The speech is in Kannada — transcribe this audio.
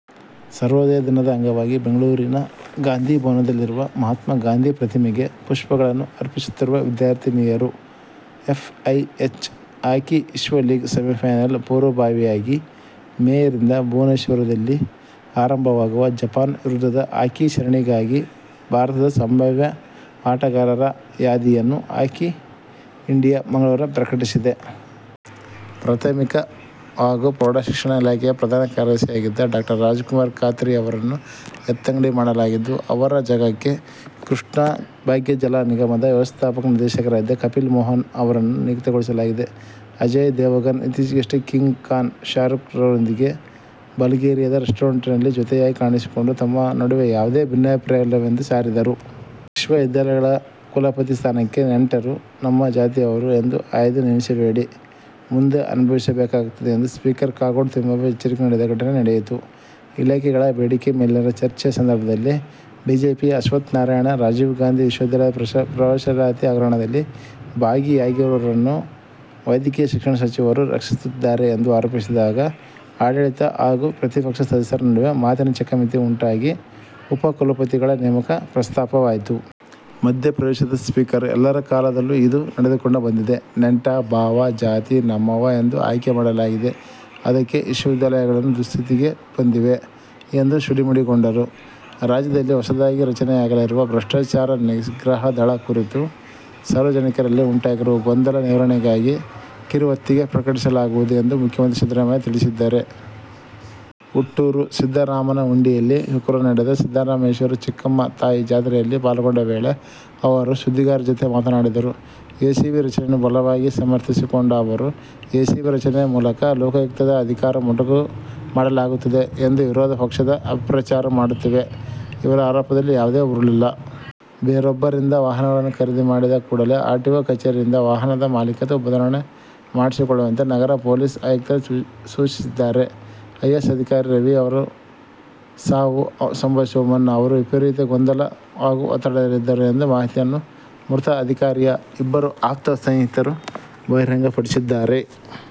ಸರ್ವೋದಯ ದಿನದ ಅಂಗವಾಗಿ ಬೆಂಗಳೂರಿನ ಗಾಂಧಿ ಭವನದಲ್ಲಿರುವ ಮಹಾತ್ಮಾ ಗಾಂಧಿ ಪ್ರತಿಮೆಗೆ ಪುಷ್ಪಗಳನ್ನು ಅರ್ಪಿಸುತ್ತಿರುವ ವಿದ್ಯಾರ್ಥಿನಿಯರು. ಎಫ್ಐಎಚ್ ಹಾಕಿ ವಿಶ್ವ ಲೀಗ್ ಸೆಮಿಫೈನಲ್ ಪೂರ್ವಭಾವಿಯಾಗಿ ಮೇ ರಿಂದ ಭುವನೇಶ್ವರದಲ್ಲಿ ಆರಂಭವಾಗುವ ಜಪಾನ್ ವಿರುದ್ಧದ ಹಾಕಿ ಸರಣಿಗಾಗಿ ಭಾರತದ ಸಂಭಾವ್ಯ ಆಟಗಾರರ ಯಾದಿಯನ್ನು ಹಾಕಿ ಇಂಡಿಯಾ ಮಂಗಳವಾರ ಪ್ರಕಟಿಸಿದೆ. ಪ್ರಾಥಮಿಕ ಹಾಗೂ ಪ್ರೌಢಶಿಕ್ಷಣ ಇಲಾಖೆಯ ಪ್ರಧಾನ ಕಾರ್ಯದರ್ಶಿಯಾಗಿದ್ದ ಡಾ. ರಾಜಕುಮಾರ್ ಖತ್ರಿಯವರನ್ನು ಎತ್ತಂಗಡಿ ಮಾಡಲಾಗಿದ್ದು, ಅವರ ಜಾಗಕ್ಕೆ ಕೃಷ್ಣಭಾಗ್ಯಜಲ ನಿಗಮದ ವ್ಯವಸ್ಥಾಪಕ ನಿರ್ದೇಶಕರಾಗಿದ್ದ ಕಪಿಲ್ ಮೋಹನ್ ಅವರನ್ನು ನಿಯುಕ್ತಿಗೊಳಿಸಲಾಗಿದೆ. ಅಜಯ್ ದೇವಗನ್ ಇತ್ತೀಚೆಗಷ್ಟೇ ಕಿಂಗ್ ಖಾನ್ ಶಾರೂಕ್'ರೊಂದಿಗೆ ಬಲ್ಗೇರಿಯಾದ ರೆಸ್ಟೋರೆಂಟ್'ನಲ್ಲಿ ಜೊತೆಯಾಗಿ ಕಾಣಿಸಿಕೊಂಡು ತಮ್ಮ ನಡುವೆ ಯಾವುದೇ ಭಿನ್ನಾಬಿಪ್ರಾಯವಿಲ್ಲವೆಂದು ಸಾರಿದ್ದರು. ವಿಶ್ವವಿದ್ಯಾಲಯಗಳ ಕುಲಪತಿ ಸ್ಥಾನಕ್ಕೆ ನೆಂಟರು, ನಮ್ಮ ಜಾತಿಯವರು ಎಂದು ಆಯ್ದು ನೇಮಿಸಬೇಡಿ. ಮುಂದೆ ಅನುಭವಿಸಬೇಕಾಗುತ್ತದೆ ಎಂದು ಸ್ಪೀಕರ್ ಕಾಗೋಡು ತಿಮ್ಮಪ್ಪ ಎಚ್ಚರಿಕೆ ನೀಡಿದ ಘಟನೆ ನಡೆಯಿತು. ಇಲಾಖೆಗಳ ಬೇಡಿಕೆ ಮೇಲಿನ ಚರ್ಚೆ ಸಂದರ್ಭದಲ್ಲಿ ಬಿಜೆಪಿಯ ಅಶ್ವತ್ಥ್ನಾರಾಯಣ, ರಾಜೀವ್ಗಾಂಧಿ ವಿಶ್ವವಿದ್ಯಾಲಯದ ಪ್ರವೇಶಾತಿ ಹಗರಣದಲ್ಲಿ ಭಾಗಿಯಾಗಿರುವವರನ್ನು ವೈದ್ಯಕೀಯ ಶಿಕ್ಷಣ ಸಚಿವರು ರಕ್ಷಿಸುತ್ತಿದ್ದಾರೆ ಎಂದು ಆರೋಪಿಸಿದಾಗ ಆಡಳಿತ ಹಾಗೂ ಪ್ರತಿಪಕ್ಷ ಸದಸ್ಯರ ನಡುವೆ ಮಾತಿನ ಚಕಮಕಿ ಉಂಟಾಗಿ ಉಪ ಕುಲಪತಿಗಳ ನೇಮಕ ಪ್ರಸ್ತಾಪವಾಯಿತು. ಮಧ್ಯೆಪ್ರವೇಶಿದ ಸ್ಪೀಕರ್, ಎಲ್ಲರ ಕಾಲದಲ್ಲೂ ಇದು ನಡೆದುಕೊಂಡು ಬಂದಿದೆ. ನೆಂಟ, ಭಾವ, ಜಾತಿ, ನಮ್ಮವ ಎಂದು ಆಯ್ಕೆ ಮಾಡಲಾಗಿದೆ. ಅದಕ್ಕೆ ವಿಶ್ವವಿದ್ಯಾಲಯಗಳು ದುಸ್ಥಿತಿಗೆ ಬಂದಿವೆ ಎಂದು ಸಿಡಿಮಿಡಿಗೊಂಡರು. ರಾಜ್ಯದಲ್ಲಿ ಹೊಸದಾಗಿ ರಚನೆಯಾಗಲಿರುವ ಭ್ರಷ್ಟಾಚಾರ ನಿಗ್ರಹ ದಳ ಕುರಿತು ಸಾರ್ವಜನಿಕರಲ್ಲಿ ಉಂಟಾಗಿರುವ ಗೊಂದಲ ನಿವಾರಣೆಗಾಗಿ ಕಿರುಹೊತ್ತಿಗೆ ಪ್ರಕಟಿಸಲಾಗುವುದು ಎಂದು ಮುಖ್ಯಮಂತ್ರಿ ಸಿದ್ದರಾಮಯ್ಯ ತಿಳಿಸಿದ್ದಾರೆ. ಹುಟ್ಟೂರು ಸಿದ್ದರಾಮನಹುಂಡಿಯಲ್ಲಿ ಶುಕ್ರವಾರ ನಡೆದ ಸಿದ್ದರಾಮೇಶ್ವರ-ಚಿಕ್ಕಮ್ಮ ತಾಯಿ ಜಾತ್ರೆಯಲ್ಲಿ ಪಾಲ್ಗೊಂಡ ವೇಳೆ ಅವರು ಸುದ್ದಿಗಾರರ ಜತೆ ಮಾತನಾಡಿದರು. ಎಸಿಬಿ ರಚನೆಯನ್ನು ಬಲವಾಗಿ ಸಮರ್ಥಿಸಿಕೊಂಡ ಅವರು, ಎಸಿಬಿ ರಚನೆ ಮೂಲಕ ಲೋಕಾಯುಕ್ತದ ಅಧಿಕಾರ ಮೊಟಕು ಮಾಡಲಾಗುತ್ತಿದೆ ಎಂದು ವಿರೋಧ ಪಕ್ಷಗಳು ಅಪಪ್ರಚಾರ ಮಾಡುತ್ತಿವೆ. ಇವರ ಆರೋಪದಲ್ಲಿ ಯಾವುದೇ ಹುರುಳಿಲ್ಲ. ಬೇರೊಬ್ಬರಿಂದ ವಾಹನಗಳನ್ನು ಖರೀದಿ ಮಾಡಿದ ಕೂಡಲೇ ಆರ್ಟಿಒ ಕಚೇರಿಯಿಂದ ವಾಹನದ ಮಾಲಿಕತ್ವ ಬದಲಾವಣೆ ಮಾಡಿಸಿಕೊಳ್ಳುವಂತೆ ನಗರ ಪೊಲೀಸ್ ಆಯುಕ್ತರು ಸೂಚಿಸಿದ್ದಾರೆ. ಐಎಎಸ್ ಅಧಿಕಾರಿ ರವಿ ಅವರ ಸಾವು ಸಂಭವಿಸುವ ಮುನ್ನ ಅವರು ವಿಪರೀತ ಗೊಂದಲ ಹಾಗೂ ಒತ್ತಡದಲ್ಲಿದ್ದರು ಎಂಬ ಮಾಹಿತಿಯನ್ನು ಮೃತ ಅಧಿಕಾರಿಯ ಇಬ್ಬರು ಆಪ್ತ ಸ್ನೇಹಿತರು ಬಹಿರಂಗಪಡಿಸಿದ್ದಾರೆ.